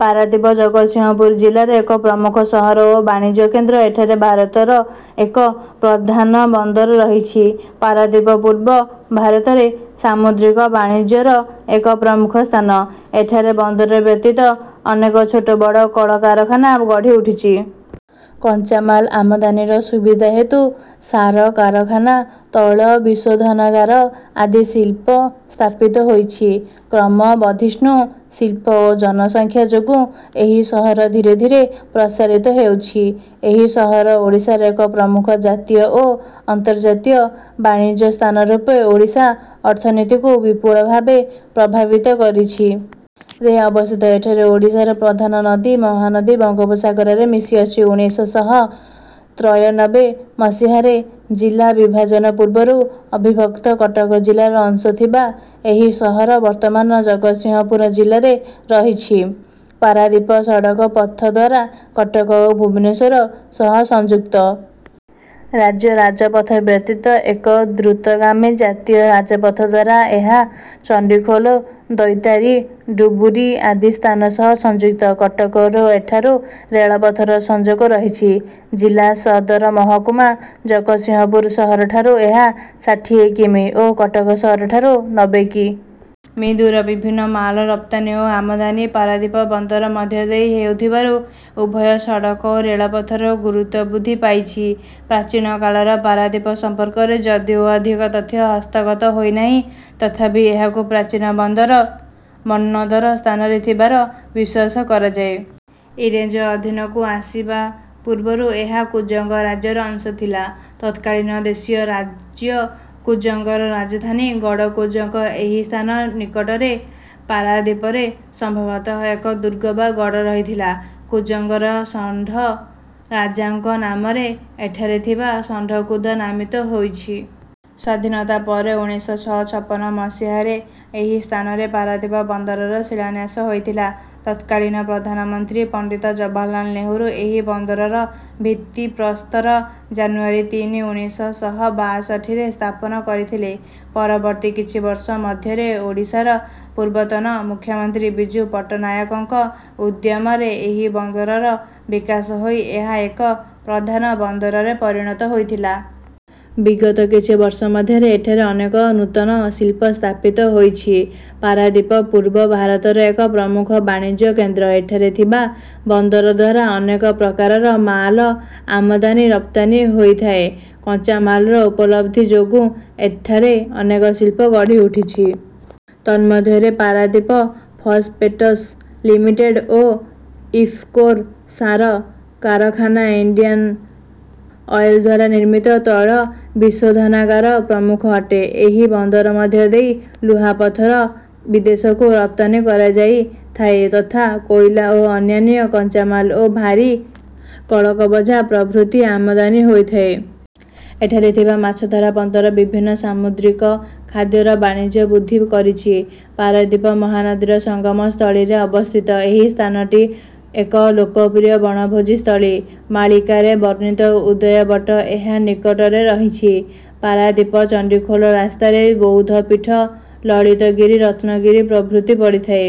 ପାରାଦୀପ ଜଗତସିଂହପୁର ଜିଲ୍ଲାର ଏକ ପ୍ରମୂଖ ସହର ଓ ବାଣିଜ୍ୟ କେନ୍ଦ୍ର। ଏଠାରେ ଭାରତର ଏକ ପ୍ରଧାନ ବନ୍ଦର ରହିଛି। ପାରାଦୀପ ପୂର୍ବ ଭାରତରେ ସାମୁଦ୍ରିକ ବାଣିଜ୍ୟର ଏକ ପ୍ରମୁଖ ସ୍ଥାନ। ଏଠାରେ ବନ୍ଦର ବ୍ୟତୀତ ଅନେକ ଛୋଟ ବଡ଼ କଳ କାରଖାନା ଗଢ଼ି ଉଠିଛି। କଞ୍ଚାମାଲ ଆମଦାନୀର ସୁବିଧା ହେତୁ ସାର କାରଖାନା ତୈଳ ବିଶୋଧନାଗାର ଆଦି ଶିଳ୍ପ ସ୍ଥାପିତ ହୋଇଛି। କ୍ରମବର୍ଦ୍ଧିଷ୍ଣୁ ଶିଳ୍ପ ଓ ଜନସଂଖ୍ୟା ଯୋଗୁ ଏହି ସହର ଧୀରେ ଧୀରେ ପ୍ରସାରିତ ହେଉଛି। ଏହି ସହର ଓଡ଼ିଶାର ଏକ ପ୍ରମୁଖ ଜାତୀୟ ଓ ଅନ୍ତର୍ଜାତୀୟ ବାଣିଜ୍ୟ ସ୍ଥାନ ରୂପେ ଓଡ଼ିଶା ଅର୍ଥନୀତିକୁ ବିପୁଳ ଭାବେ ପ୍ରଭାବିତ କରିଛି। ରେ ଅବସ୍ଥିତ। ଏଠାରେ ଓଡ଼ିଶାର ପ୍ରଧାନ ନଦୀ ମହାନଦୀ ବଙ୍ଗୋପସାଗରରେ ମିଶିଅଛି। ଉଣେଇଶ ଶହ ତ୍ରୟନବେ ମସିହାରେ ଜିଲ୍ଲା ବିଭାଜନ ପୂର୍ବରୁ ଅବିଭକ୍ତ କଟକ ଜିଲ୍ଲାର ଅଂଶ ଥିବା ଏହି ସହର ବର୍ତ୍ତମାନ ଜଗତସିଂହପୁର ଜିଲ୍ଲାରେ ରହିଛି। ପାରାଦୀପ ସଡ଼କ ପଥଦ୍ୱାରା କଟକ ଓ ଭୁବନେଶ୍ୱର ସହ ସଂଯୁକ୍ତ। ରାଜ୍ୟ ରାଜପଥ ବ୍ୟତୀତ ଏକ ଦ୍ରୁତଗାମୀ ଜାତୀୟ ରାଜପଥଦ୍ୱାରା ଏହା ଚଣ୍ଡିଖୋଲ ଦୈତାରୀ ଡୁବୁରୀ ଆଦି ସ୍ଥାନ ସହ ସଂଯୁକ୍ତ। କଟକରୁ ଏଠାକୁ ରେଳପଥର ସଂଯୋଗ ରହିଛି। ଜିଲ୍ଲା ସଦରମହକୁମା ଜଗତସିଂହପୁର ସହର ଠାରୁ ଏହା ଷାଠିଏ କି. ମି. ଓ କଟକ ସହର ଠାରୁ ନବେ କି. ମି. ଦୂର। ବିଭିନ୍ନ ମାଲ ରପ୍ତାନୀ ଓ ଆମଦାନୀ ପାରାଦୀପ ବନ୍ଦର ମଧ୍ୟଦେଇ ହେଉଥିବାରୁ ଉଭୟ ସଡ଼କ ଓ ରେଳପଥର ଗୁରୁତ୍ତ୍ୱ ବୃଦ୍ଧି ପାଇଛି। ପ୍ରାଚୀନ କାଳର ପାରଦୀପ ସମ୍ପର୍କରେ ଯଦିଓ ଅଧିକ ତଥ୍ୟ ହସ୍ତଗତ ହୋଇନାହିଁ ତଥାପି ଏହାକୁ ପ୍ରାଚୀନ ବନ୍ଦର ମନ୍ନଦର ସ୍ଥାନରେ ଥିବାର ବିଶ୍ୱାସ କରାଯାଏ। ଇଂରେଜ ଅଧୀନକୁ ଆସିବା ପୂର୍ବରୁ ଏହା କୁଜଙ୍ଗ ରାଜ୍ୟର ଅଂଶ ଥିଲା। ତତ୍କାଳୀନ ଦେଶୀୟ ରାଜ୍ୟ କୁଜଙ୍ଗର ରାଜଧାନୀ ଗଡ଼କୁଜଙ୍ଗ ଏହି ସ୍ଥାନ ନିକଟରେ। ପାରାଦୀପରେ ସମ୍ଭବତଃ ଏକ ଦୁର୍ଗ ବା ଗଡ଼ ରହିଥିଲା। କୁଜଙ୍ଗର ଷଣ୍ଢ ରାଜାଙ୍କ ନାମରେ ଏଠାରେ ଥିବା ଷଣ୍ଢକୂଦ ନାମିତ ହୋଇଛି। ସ୍ୱାଧୀନତା ପରେ ଉଣେଇଶ ଶହ ଛପନ ମସିହାରେ ଏହି ସ୍ଥାନରେ ପାରାଦୀପ ବନ୍ଦରର ଶିଳାନ୍ୟାସ ହୋଇଥିଲା। ତତ୍କାଳୀନ ପ୍ରଧାନମନ୍ତ୍ରୀ ପଣ୍ଡିତ ଜବାହରଲାଲ ନେହେରୁ ଏହି ବନ୍ଦରର ଭିତ୍ତିପ୍ରସ୍ଥର ଜାନୁୟାରୀ ତିନି ଉଣେଇଶ ଶହ ବାଷଠିରେ ସ୍ଥାପନ କରିଥିଲେ। ପରବର୍ତ୍ତୀ କିଛି ବର୍ଷ ମଧ୍ୟରେ ଓଡ଼ିଶାର ପୂର୍ବତନ ମୁଖ୍ୟମନ୍ତ୍ରୀ ବିଜୁ ପଟ୍ଟନାୟକଙ୍କ ଉଦ୍ୟମରେ ଏହି ବନ୍ଦରର ବିକାଶ ହୋଇ ଏହା ଏକ ପ୍ରଧାନ ବନ୍ଦରରେ ପରିଣତ ହୋଇଥିଲା। ବିଗତ କିଛି ବର୍ଷ ମଧ୍ୟରେ ଏଠାରେ ଅନେକ ନୂତନ ଶିଳ୍ପ ସ୍ଥାପିତ ହୋଇଛି। ପାରାଦୀପ ପୂର୍ବ ଭାରତର ଏକ ପ୍ରମୁଖ ବାଣିଜ୍ୟ କେନ୍ଦ୍ର। ଏଠାରେ ଥିବା ବନ୍ଦରଦ୍ୱାରା ଅନେକ ପ୍ରକାରର ମାଲ ଆମଦାନୀ ରପ୍ତାନୀ ହୋଇଥାଏ। କଞ୍ଚାମାଲର ଉପଲବ୍ଧି ଯୋଗୁ ଏଠାରେ ଅନେକ ଶିଳ୍ପ ଗଢି ଉଠିଛି। ତନ୍ମଧ୍ୟରେ ପାରାଦୀପ ଫସପେଟସ ଲିମିଟେଡ଼ ଓ ଇଫକୋର ସାର କାରଖାନା ଇଣ୍ଡିଆନ ଅଏଲଦ୍ୱାରା ନିର୍ମିତ ତୈଳ ବିଶୋଧନାଗାର ପ୍ରମୁଖ ଅଟେ। ଏହି ବନ୍ଦର ମଧ୍ୟ ଦେଇ ଲୁହାପଥର ବିଦେଶକୁ ରପ୍ତାନୀ କରାଯାଇ ଥାଏ ତଥା କୋଇଲା ଓ ଅନ୍ୟାନ୍ୟ କଞ୍ଚାମାଲ ଓ ଭାରୀ କଳକବଜା ପ୍ରଭୁତି ଆମଦାନୀ ହୋଇଥାଏ। ଏଠାରେ ଥିବା ମାଛଧରା ବନ୍ଦର ବିଭିନ୍ନ ସାମୁଦ୍ରିକ ଖାଦ୍ୟର ବାଣିଜ୍ୟ ବୃଦ୍ଧି କରିଛି। ପାରାଦୀପ ମହାନଦୀର ସଙ୍ଗମ ସ୍ଥଳୀରେ ଅବସ୍ଥିତ। ଏହି ସ୍ଥାନଟି ଏକ ଲୋକପ୍ରିୟ ବଣଭୋଜି ସ୍ଥଳୀ। ମାଳିକାରେ ବର୍ଣ୍ଣିତ ଉଦୟବଟ ଏହା ନିକଟରେ ରହିଛି। ପାରାଦୀପଚଣ୍ଡିଖୋଲ ରାସ୍ତାରେ ବୌଦ୍ଧ ପୀଠ ଲଳିତଗିରି ରତ୍ନଗିରି ପ୍ରଭୁତି ପଡିଥାଏ।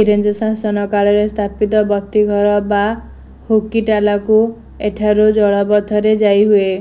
ଇଂରେଜ ଶାସନ କାଳରେ ସ୍ଥାପିତ ବତୀଘର ବା ହୁକିଟାଲାକୁ ଏଠାରୁ ଜଳପଥରେ ଯାଇହୁଏ।